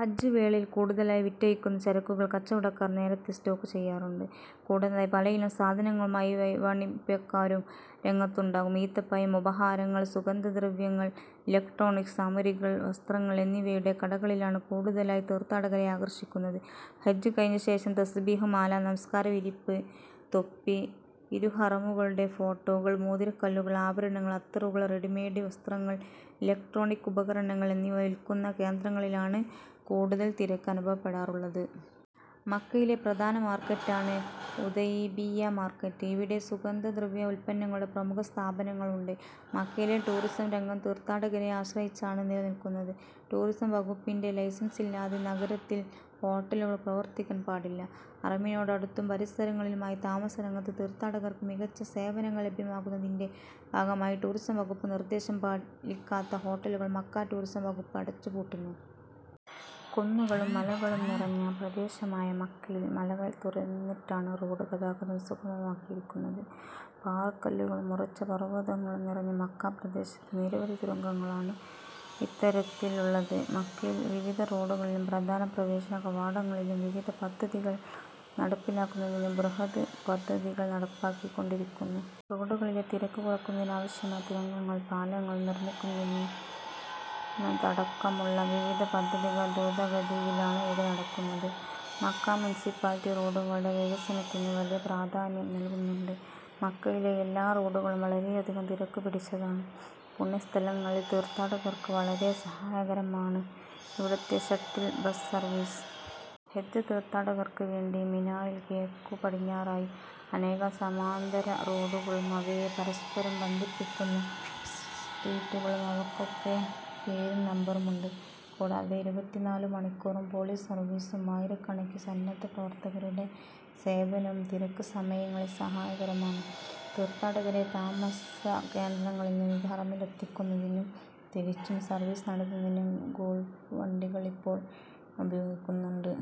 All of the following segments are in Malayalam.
ഹജ്ജ് വേളയിൽ കൂടുതലായി വിറ്റഴിക്കുന്ന ചരക്കുകൾ കച്ചവടക്കാർ നേരത്തെ സ്റ്റോക്ക് ചെയ്യാറുണ്ട്. കൂടാതെ പലയിനം സാധനങ്ങളുമായി വഴിവാണിഭക്കാരും രംഗത്തുണ്ടാകും. ഈത്തപ്പഴം, ഉപഹാരങ്ങൾ, സുഗന്ധദ്രവ്യങ്ങൾ, ഇലക്ട്രോണിക്സ് സാമഗ്രികൾ, വസ്ത്രങ്ങൾ എന്നിവയുടെ കടകളിലാണ് കൂടുതലായി തീർത്ഥാടകരെ ആകർഷിക്കുന്നത്. ഹജ്ജ് കഴിഞ്ഞ ശേഷം. തസ്ബീഹ് മാല, നമസ്കാര വിരിപ്പ്, തൊപ്പി, ഇരുഹറമുകളുടെ ഫോട്ടോകൾ, മോതിര കല്ലുകൾ, ആഭരണങ്ങൾ, അത്തറുകൾ, റെഡിമെയ്ഡ് വസ്ത്രങ്ങൾ, ഇലക്ട്രോണിക് ഉപകരണങ്ങൾ എന്നിവ വിൽക്കുന്ന കേന്ദ്രങ്ങളിലാണ് കൂടുതൽ തിരക്ക് അനുഭവപ്പെടാറുള്ളത്. മക്കയിലെ പ്രധാന മാർക്കറ്റാണ് ഉതൈബിയ്യ മാർക്കറ്റ്. ഇവിടെ സുഗന്ധ ദ്രവ്യ ഉല്പന്നങ്ങളുടെ പ്രമുഖ സ്ഥാപനങ്ങൾ ഉണ്ട്. മക്കയിലെ ടൂറിസം രംഗം തീർഥാടകരെ ആശ്രയിച്ചാണ് നിലനിൽക്കുന്നത്. ടൂറിസം വകുപ്പിന്റെ ലൈസൻസില്ലാതെ നഗരത്തിൽ ഹോട്ടലുകൾ പ്രവർത്തിക്കാൻ പാടില്ല. ഹറമിനടുത്തും പരിസരങ്ങളിലുമായി താമസ രംഗത്ത് തീർഥാടകർക്ക് മികച്ച സേവനങ്ങൾ ലഭ്യമാക്കുന്നതിന്റെ ഭാഗമായി ടൂറിസം വകുപ്പ് നിർദ്ദേശം പാലിക്കാത്ത ഹോട്ടലുകൾ മക്ക ടൂറിസം വകുപ്പ് അടച്ചു പൂട്ടുന്നു. കുന്നുകളും മലകളും നിറഞ്ഞ പ്രദേശമായ മക്കയിൽ മലകൾ തുരന്നിട്ടാണ് റോഡ് ഗതാഗതം സുഗമമാക്കിയിരിക്കുന്നത്. പാറക്കല്ലുകളും ഉറച്ച പര്'വതങ്ങളും നിറഞ്ഞ മക്ക പ്രദേശത്ത് നിരവധി തുരങ്കങ്ങളാണ് ഇത്തരത്തിൽ ഉള്ളത്. മക്കയിലെ വിവിധ റോഡുകളിലും പ്രധാന പ്രവേശന കവാടങ്ങളിലും വിവിധ പദ്ധതികൾ നടപ്പിലാക്കുന്നതിന് ബൃഹദ് പദ്ധതികൾ നടപ്പാക്കി കൊണ്ടിരിക്കുന്നു. റോഡുകളിലെ തിരക്ക് കുറക്കുന്നതിനാവശ്യമായ തുരങ്കങ്ങളും പാലങ്ങളും നിർമ്മിക്കുന്നതടക്കമുള്ള വിവിധ പദ്ധതികൾ ദ്രുത ഗതിയിലാണ് ഇവിടെ നടക്കുന്നത്. മക്ക മുനിസിപ്പാലിറ്റി റോഡുകളുടെ വികസനത്തിന് വലിയ പ്രധാന്യം നൽകുന്നുണ്ട്. മക്കയിലെ എല്ലാ റോഡുകളും വളരെയധികം തിരക്ക് പിടിച്ചതാണ്. പുണ്യസ്ഥലങ്ങളിൽ തീർത്ഥാടകർക്ക് വളരെ സഹായകരമാണ് ഇവിടുത്തെ ഷട്ടിൽ ബസ് സർവീസ്. ഹജ്ജ് തീർത്ഥാടകർക്ക് വേണ്ടി മിനായിൽ കിഴക്കുപടിഞ്ഞാറായി അനേകം സമാന്തര റോഡുകളും അവയെ പരസ്പരം ബന്ധിക്കുന്ന സ്ട്രീറ്റുകളും അവക്കൊക്കെ പേരും നമ്പറും ഉണ്ട്. കൂടാതെ ഇരുപത്തിനാലു മണിക്കൂറും പൊലീസ് സർവീസും ആയിരക്കണക്കിന് സന്നദ്ധ പ്രവർത്തകരുടെ സേവനവും തിരക്ക് സമയങ്ങളിൽ സഹായകരമാണ്. തീർത്ഥാടകരെ താമസ കേന്ദ്രങ്ങളിൽ നിന്ന് ഹറമിലെത്തിക്കുന്നതിനും തിരിച്ചും സർവീസ് നടത്തുന്നതിനു ഗോൾഫ് വണ്ടികൾ ഇപ്പോൾ ഉപയോഗിക്കുന്നുണ്ട്.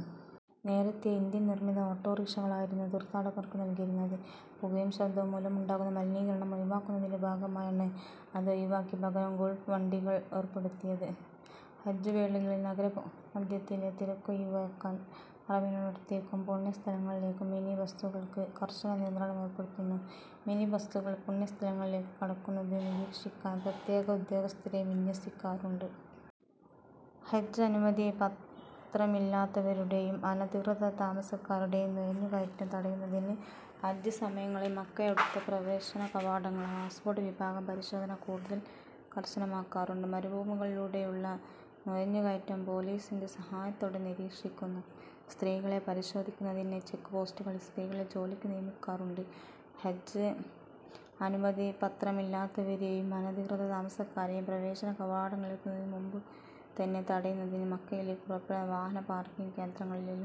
നേരത്തെ ഇന്ത്യൻ നിർമ്മിത ഓട്ടോറിക്ഷകളായിരുന്നു തീർത്ഥാടകർക്ക് നൽകിയിരുന്നത്. പുകയും ശബ്ദവും മൂലമുണ്ടാകുന്ന മലിനീകരണം ഒഴിവാക്കുന്നതിന്റെ ഭാഗമായാണ് അതൊഴിവാക്കി പകരം ഗോൾഫ് വണ്ടികൾ ഏർപ്പെടുത്തിയത്. ഹജ്ജ് വേളകളിൽ നഗര മധ്യത്തിലെ തിരക്കൊഴിവാക്കാൻ ഹറമിനടുത്തേക്കും പുണ്യ സ്ഥലങ്ങളിലേക്കും മിനി ബസുകൾക്ക് കർശന നിയന്ത്രണമേർപ്പെടുത്തുന്നു. മിനി ബസുകൾ പുണ്യസ്ഥലങ്ങളിലേക്ക് കടക്കുന്നത് നിരീക്ഷിക്കാൻ പ്രത്യേക ഉദ്യോഗസ്ഥരെയും വിന്യസിക്കാറുണ്ട്. ഹജ്ജ് അനുമതി പത്രമില്ലാത്തവരുടെയും അനധികൃത താമസക്കാരുടെയും നുഴഞ്ഞുകയറ്റം തടയുന്നതിന് ഹജ്ജ് സമയങ്ങളിൽ മക്കക്കടുത്ത പ്രവേശന കവാടങ്ങളിൽ പാസ്പോർട്ട് വിഭാഗം പരിശോധന കൂടുതൽ കർശനമാക്കാറുണ്ട്. മരുഭൂമികളിലൂടെയുള്ള നുഴഞ്ഞുകയറ്റം പൊലീസിന്റെ സഹായത്തോടെ നിരീക്ഷിക്കുന്നു. സ്ത്രീകളെ പരിശോധിക്കുന്നതിന് ചെക്ക്പോസ്റ്റുകളിൽ സ്ത്രീകളെ ജോലിക്ക് നിയമിക്കാറുണ്ട്. ഹജ്ജ് അനുമതിപത്രമില്ലാത്തവരെയും അനധികൃത താമസക്കാരെയും പ്രവേശന കവാടങ്ങളിലെത്തുന്നതിന് മുമ്പ് തന്നെ തടയുന്നതിന് മക്കയിലേക്ക് പുറപ്പെടുന്ന വാഹന പാർക്കിങ് കേന്ദ്രങ്ങളിലും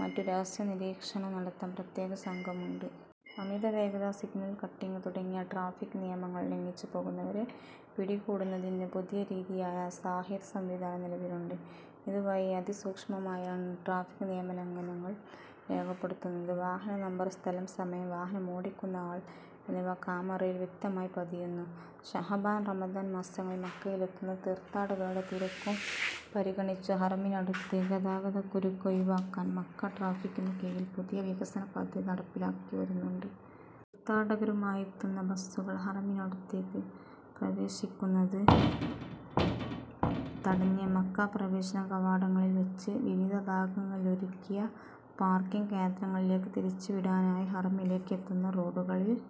മറ്റും രഹസ്യ നിരീക്ഷണം നടത്താൻ പ്രത്യേക സംഘം ഉണ്ട്. അമിത വേഗത, സിഗ്നൽ കട്ടിങ് തുടങ്ങിയ ട്രാഫിക് നിയമങ്ങൾ ലംഘിച്ച് പോകുന്നവരെ പിടികൂടുന്നതിനു പുതിയ രീതിയായ സാഹിർ സംവിധാനം നിലവിലുണ്ട്. ഇത് വഴി അതിസൂക്ഷ്മമായാണ് ട്രാഫിക് നിയമലംഘനങ്ങൾ രേഖപ്പെടുത്തുന്നത്. വാഹന നമ്പർ, സ്ഥലം, സമയം, വാഹനമോടിക്കുന്ന ആൾ എന്നിവ കാമറയിൽ വ്യക്തമായി പതിയുന്നു. ശഅബാൻ, റമദാൻ മാസങ്ങളിൽ മക്കയിലത്തുന്ന തീർത്ഥാടകരുടെ തിരക്കും പരിഗണിച്ചു ഹറമിനടുത്ത് ഗതാഗതക്കുരുക്ക് ഒഴിവാക്കാൻ മക്ക ട്രാഫിക്കിനു കീഴിൽ പുതിയ വികസന പദ്ധതി നടപ്പിലാക്കിവരുന്നുണ്ട്. തീർത്ഥാടകരുമായെത്തുന്ന ബസുകൾ ഹറമിനടുത്തേക്ക് പ്രവേശിക്കുന്നത് തടഞ്ഞ് മക്ക പ്രവേശന കവാടങ്ങളിൽ വെച്ച് വിവിധ ഭാഗങ്ങളിലൊരുക്കിയ പാർക്കിങ് കേന്ദ്രങ്ങളിലേക്ക് തിരിച്ചുവിടാനായി ഹറമിലേക്ക് എത്തുന്ന റോഡുകളിൽ